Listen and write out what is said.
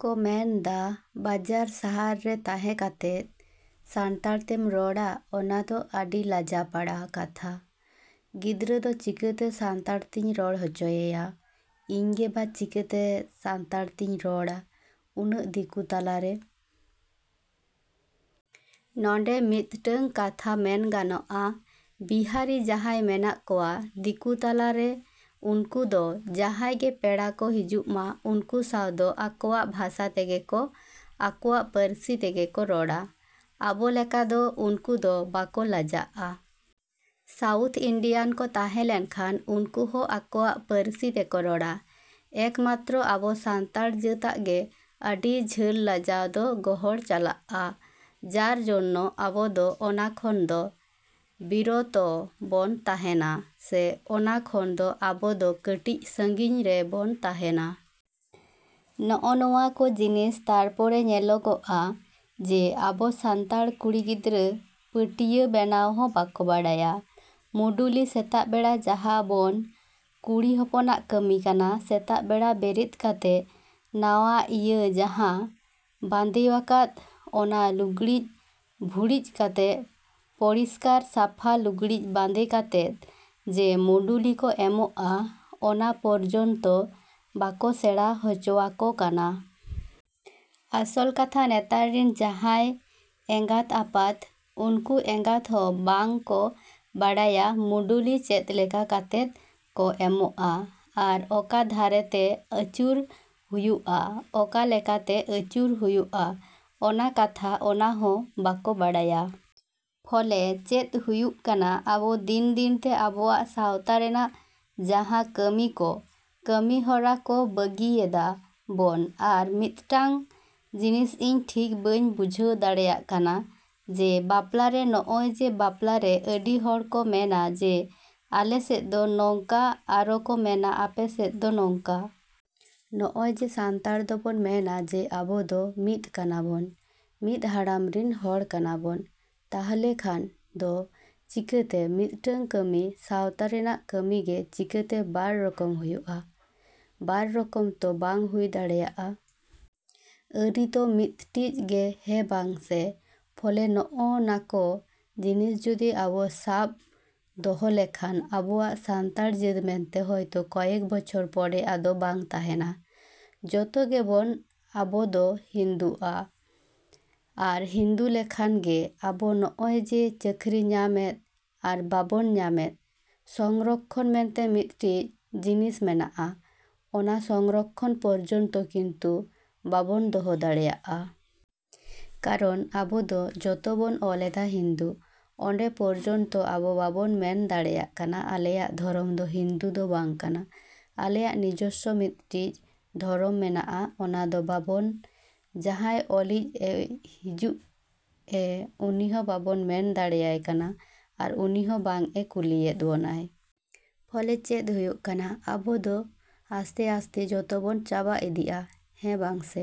ᱠᱚ ᱢᱮᱱᱫᱟ ᱵᱟᱡᱟᱨ ᱥᱟᱦᱟᱨ ᱨᱮ ᱛᱟᱦᱮᱸ ᱠᱟᱛᱮᱫ ᱥᱟᱱᱛᱟᱲ ᱛᱮᱢ ᱨᱚᱲᱟ ᱚᱱᱟ ᱫᱚ ᱟᱹᱰᱤ ᱞᱟᱡᱟᱯᱟᱲᱟ ᱠᱟᱛᱷᱟ᱾ ᱜᱤᱫᱽᱨᱟᱹ ᱫᱚ ᱪᱤᱠᱟᱹᱛᱮ ᱥᱟᱱᱛᱟᱲ ᱛᱤᱧ ᱨᱚᱲ ᱦᱚᱪᱚᱭᱮᱭᱟ? ᱤᱧ ᱜᱮ ᱵᱟ ᱪᱤᱠᱟᱹᱛᱮ ᱥᱟᱱᱛᱟᱲ ᱛᱤᱧ ᱨᱚᱲᱟ ᱩᱱᱟᱹᱜ ᱫᱤᱠᱩ ᱛᱟᱞᱟ ᱨᱮ᱾ ᱱᱚᱰᱮ ᱢᱤᱫᱴᱟᱹᱝ ᱠᱟᱛᱷᱟ ᱢᱮᱱ ᱜᱟᱱᱚᱜᱼᱟ ᱵᱤᱦᱟᱨᱤ ᱡᱟᱦᱟᱸᱭ ᱢᱮᱱᱟᱜ ᱠᱚᱣᱟ ᱫᱤᱠᱩ ᱛᱟᱞᱟ ᱨᱮ ᱩᱱᱠᱩ ᱫᱚ ᱡᱟᱦᱟᱸᱭ ᱜᱮ ᱯᱮᱲᱟ ᱠᱚ ᱦᱤᱡᱩᱜ ᱢᱟ ᱩᱱᱠᱩ ᱥᱟᱶ ᱫᱚ ᱟᱠᱚᱣᱟᱜ ᱵᱷᱟᱥᱟ ᱛᱮᱜᱮ ᱠᱚ ᱟᱠᱚᱣᱟᱜ ᱯᱟᱹᱨᱥᱤ ᱛᱮᱜᱮ ᱠᱚ ᱨᱚᱲᱟ᱾ ᱟᱵᱚ ᱞᱮᱠᱟ ᱫᱚ ᱩᱱᱠᱩ ᱫᱚ ᱵᱟᱠᱚ ᱞᱟᱡᱟᱜᱼᱟ᱾ ᱥᱟᱣᱩᱛᱷ ᱤᱱᱰᱤᱭᱟᱱ ᱠᱚ ᱛᱟᱦᱮᱸ ᱞᱮᱱᱠᱷᱟᱱ ᱩᱱᱠᱩ ᱦᱚᱸ ᱟᱠᱚᱣᱟᱜ ᱯᱟᱹᱨᱥᱤ ᱛᱮᱠᱚ ᱨᱚᱲᱟ᱾ ᱮᱠ ᱢᱟᱛᱨᱚ ᱟᱵᱚ ᱥᱟᱱᱛᱟᱲ ᱡᱟᱹᱛᱟᱜ ᱜᱮ ᱟᱹᱰᱤ ᱡᱷᱟᱹᱞ ᱞᱟᱡᱟᱣ ᱫᱚ ᱜᱚᱦᱚᱲ ᱪᱟᱞᱟᱜᱼᱟ ᱡᱟᱨ ᱡᱚᱱᱱᱚ ᱟᱵᱚ ᱫᱚ ᱚᱱᱟ ᱠᱷᱚᱱ ᱫᱚ ᱵᱤᱨᱚᱛᱚ ᱵᱚᱱ ᱛᱟᱦᱮᱱᱟ ᱥᱮ ᱚᱱᱟ ᱠᱷᱚᱱ ᱫᱚ ᱟᱵᱚ ᱫᱚ ᱠᱟᱹᱴᱤᱡ ᱥᱟᱺᱜᱤᱧ ᱨᱮ ᱵᱚᱱ ᱛᱟᱦᱮᱱᱟ᱾ ᱱᱚᱜᱼᱚ ᱱᱚᱣᱟ ᱠᱚ ᱡᱤᱱᱤᱥ ᱛᱟᱨᱯᱚᱨᱮ ᱧᱮᱞᱚᱜᱚᱜᱼᱟ ᱡᱮ ᱟᱵᱚ ᱥᱟᱱᱛᱟᱲ ᱠᱩᱲᱤ ᱜᱤᱫᱽᱨᱟᱹ ᱯᱟᱹᱴᱭᱟᱹ ᱵᱮᱱᱟᱣ ᱦᱚᱸ ᱵᱟᱠᱚ ᱵᱟᱲᱟᱭᱟ᱾ ᱢᱩᱰᱩᱞᱤ ᱥᱮᱛᱟᱜ ᱵᱮᱲᱟ ᱡᱟᱦᱟᱸ ᱵᱚᱱ ᱠᱩᱲᱤ ᱦᱚᱯᱚᱱᱟᱜ ᱠᱟᱹᱢᱤ ᱠᱟᱱᱟ ᱥᱮᱛᱟᱜ ᱵᱮᱲᱟ ᱵᱮᱨᱮᱫ ᱠᱟᱛᱮᱫ ᱱᱟᱣᱟ ᱤᱭᱟᱹ ᱡᱟᱦᱟᱸ ᱵᱟᱸᱫᱮᱣᱟᱠᱟᱫ ᱚᱱᱟ ᱞᱩᱜᱽᱲᱤᱡ ᱵᱷᱩᱲᱤᱡ ᱠᱟᱛᱮᱫ ᱯᱚᱨᱤᱥᱠᱟᱨ ᱥᱟᱯᱷᱟ ᱞᱩᱜᱽᱲᱤᱡ ᱵᱟᱸᱫᱮ ᱠᱟᱛᱮᱫ ᱡᱮ ᱢᱩᱰᱩᱞᱤ ᱠᱚ ᱮᱢᱚᱜᱼᱟ ᱚᱱᱟ ᱯᱚᱨᱡᱚᱱᱛᱚ ᱵᱟᱠᱚ ᱥᱮᱬᱟ ᱦᱚᱪᱚᱣᱟᱠᱚ ᱠᱟᱱᱟ᱾ ᱟᱥᱚᱞ ᱠᱟᱛᱷᱟ ᱱᱮᱛᱟᱨ ᱨᱤᱱ ᱡᱟᱦᱟᱸᱭ ᱮᱸᱜᱟᱛ ᱟᱯᱟᱛ ᱩᱱᱠᱩ ᱮᱸᱜᱟᱛ ᱦᱚᱸ ᱵᱟᱝ ᱠᱚ ᱵᱟᱲᱟᱭᱟ ᱢᱩᱰᱩᱞᱤ ᱪᱮᱫ ᱞᱮᱠᱟ ᱠᱟᱛᱮᱫ ᱠᱚ ᱮᱢᱟᱜᱼᱟ ᱟᱨ ᱚᱠᱟ ᱫᱷᱟᱨᱮ ᱛᱮ ᱟᱹᱪᱩᱨ ᱦᱩᱭᱩᱜᱼᱟ, ᱚᱠᱟ ᱞᱮᱠᱟ ᱛᱮ ᱟᱹᱪᱩᱨ ᱦᱩᱭᱩᱜᱼᱟ ᱚᱱᱟ ᱠᱟᱛᱷᱟ ᱚᱱᱟ ᱦᱚᱸ ᱵᱟᱠᱚ ᱵᱟᱲᱟᱭᱟ᱾ ᱯᱷᱚᱞᱮ ᱪᱮᱫ ᱦᱩᱭᱩᱜ ᱠᱟᱱᱟ ᱟᱵᱚ ᱫᱤᱱ ᱫᱤᱱ ᱛᱮ ᱟᱵᱚᱣᱟᱜ ᱥᱟᱶᱛᱟ ᱨᱮᱱᱟᱜ ᱡᱟᱦᱟᱸ ᱠᱟᱹᱢᱤ ᱠᱚ, ᱠᱟᱹᱢᱤ ᱦᱚᱨᱟ ᱠᱚ ᱵᱟᱹᱜᱤᱭᱮᱫᱟ ᱵᱚᱱ᱾ ᱟᱨ ᱢᱤᱫᱴᱟᱹᱝ ᱡᱤᱱᱤᱥ ᱤᱧ ᱴᱷᱤᱠ ᱵᱟᱹᱧ ᱵᱩᱡᱷᱟᱹᱣ ᱫᱟᱲᱮᱭᱟᱜ ᱠᱟᱱᱟ ᱡᱮ ᱵᱟᱯᱞᱟ ᱨᱮ ᱱᱚᱜᱼᱚᱭ ᱡᱮ ᱵᱟᱯᱞᱟ ᱨᱮ ᱟᱹᱰᱤ ᱦᱚᱲ ᱠᱚ ᱢᱮᱱᱟ ᱡᱮ ᱟᱞᱮ ᱥᱮᱫ ᱫᱚ ᱱᱚᱝᱠᱟ ᱟᱨᱚ ᱠᱚ ᱢᱮᱱᱟ ᱟᱯᱮ ᱥᱮᱫ ᱫᱚ ᱱᱚᱝᱠᱟ᱾ ᱱᱚᱜᱼᱚᱭ ᱡᱮ ᱥᱟᱱᱛᱟᱲ ᱫᱚ ᱵᱚᱱ ᱢᱮᱱᱟ ᱡᱮ ᱟᱵᱚ ᱫᱚ ᱢᱤᱫ ᱠᱟᱱᱟ ᱵᱚᱱ, ᱢᱤᱫ ᱦᱟᱲᱟᱢ ᱨᱤᱱ ᱦᱚᱲ ᱠᱟᱱᱟ ᱵᱚᱱ᱾ ᱛᱟᱦᱞᱮ ᱠᱷᱟᱱ ᱫᱚ ᱪᱤᱠᱟᱹᱛᱮ ᱢᱤᱫᱴᱟᱹᱝ ᱠᱟᱹᱢᱤ ᱥᱟᱶᱛᱟ ᱨᱮᱱᱟᱜ ᱠᱟᱹᱢᱤ ᱜᱮ ᱪᱤᱠᱟᱹᱛᱮ ᱵᱟᱨ ᱨᱚᱠᱚᱢ ᱦᱩᱭᱩᱜᱼᱟ? ᱵᱟᱨ ᱨᱚᱠᱚᱢ ᱛᱚ ᱵᱟᱝ ᱦᱩᱭ ᱫᱟᱲᱮᱭᱟᱜᱼᱟ᱾ ᱟᱹᱨᱤ ᱛᱚ ᱢᱤᱫᱴᱤᱡ ᱜᱮ ᱦᱮᱸ ᱵᱟᱝ ᱥᱮ? ᱯᱷᱚᱞᱮ ᱱᱚᱜᱼᱚ ᱱᱟᱠᱚ ᱡᱤᱱᱤᱥ ᱡᱩᱫᱤ ᱟᱵᱚ ᱥᱟᱵᱽ ᱫᱚᱦᱚ ᱞᱮᱠᱷᱟᱱ ᱟᱵᱚᱣᱟᱜ ᱥᱟᱱᱛᱟᱲ ᱡᱟᱹᱛ ᱢᱮᱱᱛᱮ ᱦᱚᱭᱛᱚ ᱠᱚᱭᱮᱠ ᱵᱚᱪᱷᱚᱨ ᱯᱚᱨᱮ ᱟᱫᱚ ᱵᱟᱝ ᱛᱟᱦᱮᱱᱟ᱾ ᱡᱚᱛᱚ ᱜᱮ ᱵᱚᱱ ᱟᱵᱚ ᱫᱚ ᱦᱤᱱᱫᱩᱼᱟ ᱟᱨ ᱦᱤᱱᱫᱩ ᱞᱮᱠᱷᱟᱱ ᱜᱮ ᱟᱵᱚ ᱱᱚᱜᱼᱚᱭ ᱡᱮ ᱪᱟᱹᱠᱨᱤ ᱧᱟᱢᱮᱫ ᱟᱨ ᱵᱟᱵᱚᱱ ᱧᱟᱢᱮᱫ ᱥᱚᱝᱨᱚᱠᱠᱷᱚᱱ ᱢᱮᱱᱛᱮ ᱢᱤᱫᱴᱤᱡ ᱡᱤᱱᱤᱥ ᱢᱮᱱᱟᱜᱼᱟ ᱚᱱᱟ ᱥᱚᱝᱨᱚᱠᱠᱷᱚᱱ ᱯᱚᱨᱡᱚᱱᱛᱚ ᱠᱤᱱᱛᱩ ᱵᱟᱵᱚᱱ ᱫᱚᱦᱚ ᱫᱟᱲᱮᱭᱟᱜᱼᱟ᱾ ᱠᱟᱨᱚᱱ ᱟᱵᱚ ᱫᱚ ᱡᱚᱛᱚ ᱵᱚᱱ ᱚᱞᱮᱫᱟ ᱦᱤᱱᱫᱩ᱾ ᱚᱸᱰᱮ ᱯᱚᱨᱡᱚᱱᱛᱚ ᱟᱵᱚ ᱵᱟᱵᱚᱱ ᱢᱮᱱ ᱫᱟᱲᱮᱭᱟᱜ ᱠᱟᱱᱟ ᱟᱞᱮᱭᱟᱜ ᱫᱷᱚᱨᱚᱢ ᱫᱚ ᱦᱤᱱᱫᱩ ᱫᱚ ᱵᱟᱝ ᱠᱟᱱᱟ, ᱟᱞᱮᱭᱟᱜ ᱱᱤᱡᱚᱥᱥᱚ ᱢᱤᱫᱴᱤᱡ ᱫᱷᱚᱨᱚᱢ ᱢᱮᱱᱟᱜᱼᱟ᱾ ᱚᱱᱟ ᱫᱚ ᱵᱟᱵᱚᱱ ᱡᱟᱦᱟᱸᱭ ᱚᱞᱤᱡ ᱮ ᱦᱤᱡᱩᱜᱼᱮ ᱩᱱᱤ ᱦᱚᱸ ᱵᱟᱵᱚᱱ ᱢᱮᱱ ᱫᱟᱲᱮᱭᱟᱭ ᱠᱟᱱᱟ ᱟᱨ ᱩᱱᱤ ᱦᱚᱸ ᱵᱟᱝ ᱮ ᱠᱩᱞᱤᱭᱮᱫ ᱵᱚᱱᱟᱭ᱾ ᱯᱷᱚᱞᱮ ᱪᱮᱫ ᱦᱩᱭᱩᱜ ᱠᱟᱱᱟ ᱟᱵᱚ ᱫᱚ ᱟᱥᱛᱮᱼᱟᱥᱛᱮ ᱡᱚᱛᱚ ᱵᱚᱱ ᱪᱟᱵᱟ ᱤᱫᱤᱜᱼᱟ᱾ ᱦᱮᱸ ᱵᱟᱝ ᱥᱮ᱾